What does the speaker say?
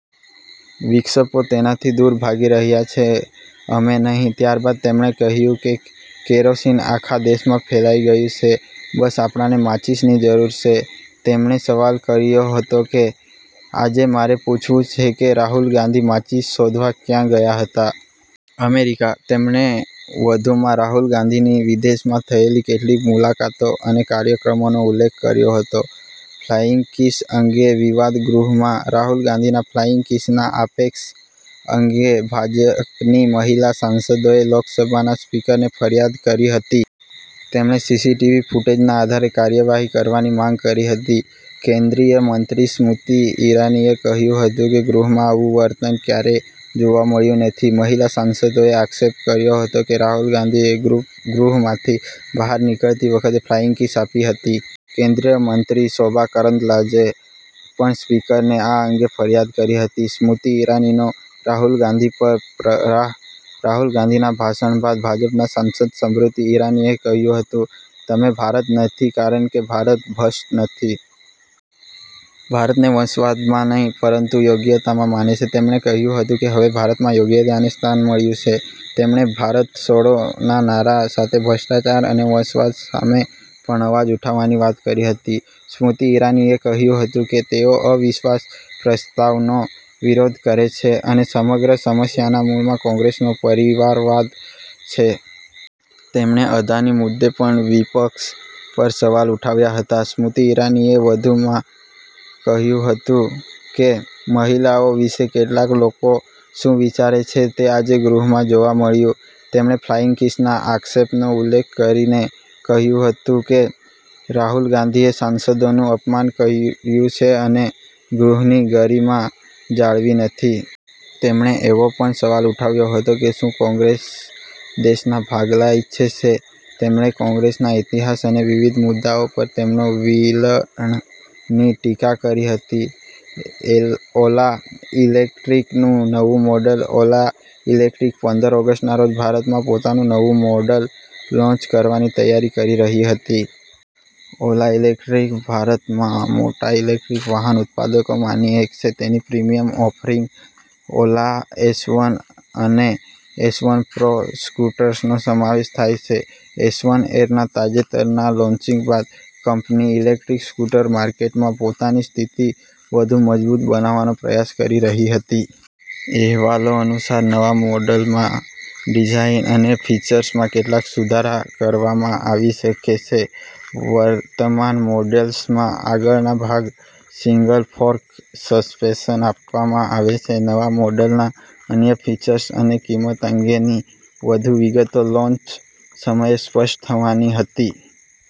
વિપક્ષો તેનાથી દૂર ભાગી રહ્યા છે, અમે નહીં. ત્યારબાદ તેમણે કહ્યું હતું કે કેરોસીન આખા દેશમાં ફેલાઈ ગયું છે, બસ આપણને માચીસની જરૂર છે. તેમણે સવાલ કર્યો હતો કે, “આજે મારે પૂછવું છે કે રાહુલ ગાંધી માચીસ શોધવા ક્યાં ગયા હતા? અમેરિકા?” તેમણે વધુમાં રાહુલ ગાંધીની વિદેશમાં થયેલી કેટલીક મુલાકાતો અને કાર્યક્રમોનો ઉલ્લેખ કર્યો હતો. ફ્લાઈંગ કિસ અંગે વિવાદ ગૃહમાં રાહુલ ગાંધીના ફ્લાઈંગ કિસના આક્ષેપ અંગે ભાજપની મહિલા સાંસદોએ લોકસભાના સ્પીકરને ફરિયાદ કરી હતી. તેમણે સીસીટીવી ફૂટેજના આધારે કાર્યવાહી કરવાની માંગ કરી હતી. કેન્દ્રીય મંત્રી સ્મૃતિ ઈરાનીએ કહ્યું હતું કે ગૃહમાં આવું વર્તન ક્યારેય જોવા મળ્યું નથી. મહિલા સાંસદોએ આક્ષેપ કર્યો હતો કે રાહુલ ગાંધીએ ગૃહમાંથી બહાર નીકળતી વખતે ફ્લાઈંગ કિસ આપી હતી. કેન્દ્રીય મંત્રી શોભા કરંદલાજેએ પણ સ્પીકરને આ અંગે ફરિયાદ કરી હતી. સ્મૃતિ ઈરાનીનો રાહુલ ગાંધી પર પ્રહાર રાહુલ ગાંધીના ભાષણ બાદ ભાજપના સાંસદ સ્મૃતિ ઈરાનીએ કહ્યું હતું, “તમે ભારત નથી, કારણ કે ભારત ભ્રષ્ટ નથી. ભારત વંશવાદમાં નહીં, પરંતુ યોગ્યતામાં માને છે.” તેમણે કહ્યું હતું કે હવે ભારતમાં યોગ્યતાને સ્થાન મળ્યું છે. તેમણે “ભારત છોડો”ના નારા સાથે ભ્રષ્ટાચાર અને વંશવાદ સામે પણ અવાજ ઉઠાવવાની વાત કરી હતી. સ્મૃતિ ઈરાનીએ કહ્યું હતું કે તેઓ અવિશ્વાસ પ્રસ્તાવનો વિરોધ કરે છે અને સમગ્ર સમસ્યાના મૂળમાં કોંગ્રેસનો પરિવારવાદ છે. તેમણે અદાણી મુદ્દે પણ વિપક્ષ પર સવાલ ઉઠાવ્યા હતા. સ્મૃતિ ઈરાનીએ વધુમાં કહ્યું હતું કે મહિલાઓ વિશે કેટલાક લોકો શું વિચારે છે તે આજે ગૃહમાં જોવા મળ્યું. તેમણે ફ્લાઈંગ કિસના આક્ષેપનો ઉલ્લેખ કરીને કહ્યું હતું કે રાહુલ ગાંધીએ સાંસદોનું અપમાન કર્યું છે અને ગૃહની ગરિમા જાળવી નથી. તેમણે એવો પણ સવાલ ઉઠાવ્યો હતો કે શું કોંગ્રેસ દેશના ભાગલા ઈચ્છે છે. તેમણે કોંગ્રેસના ઇતિહાસ અને વિવિધ મુદ્દાઓ પર તેના વલણની ટીકા કરી હતી. ઓલા ઈલેક્ટ્રિકનું નવું મોડલ ઓલા ઈલેક્ટ્રિક પંદર ઓગસ્ટના રોજ ભારતમાં પોતાનું નવું મોડલ લોન્ચ કરવાની તૈયારી કરી રહી હતી. ઓલા ઈલેક્ટ્રિક ભારતમાં મોટા ઇલેક્ટ્રિક વાહન ઉત્પાદકોમાંની એક છે. તેની પ્રીમિયમ ઓફરિંગમાં ઓલા એસવન અને એસવન પ્રો સ્કૂટર્સનો સમાવેશ થાય છે. એસવન એરનાં તાજેતરના લોન્ચિંગ બાદ, કંપની ઇલેક્ટ્રિક સ્કૂટર માર્કેટમાં પોતાની સ્થિતિ વધુ મજબૂત બનાવવાનો પ્રયાસ કરી રહી હતી. અહેવાલો અનુસાર, નવા મોડલમાં ડિઝાઇન અને ફીચર્સમાં કેટલાક સુધારા કરવામાં આવી શકે છે. વર્તમાન મોડલ્સમાં આગળના ભાગમાં સિંગલ-ફોર્ક સસ્પેન્શન આપવામાં આવે છે. નવા મોડલના અન્ય ફીચર્સ અને કિંમત અંગેની વધુ વિગતો લોન્ચ સમયે સ્પષ્ટ થવાની હતી.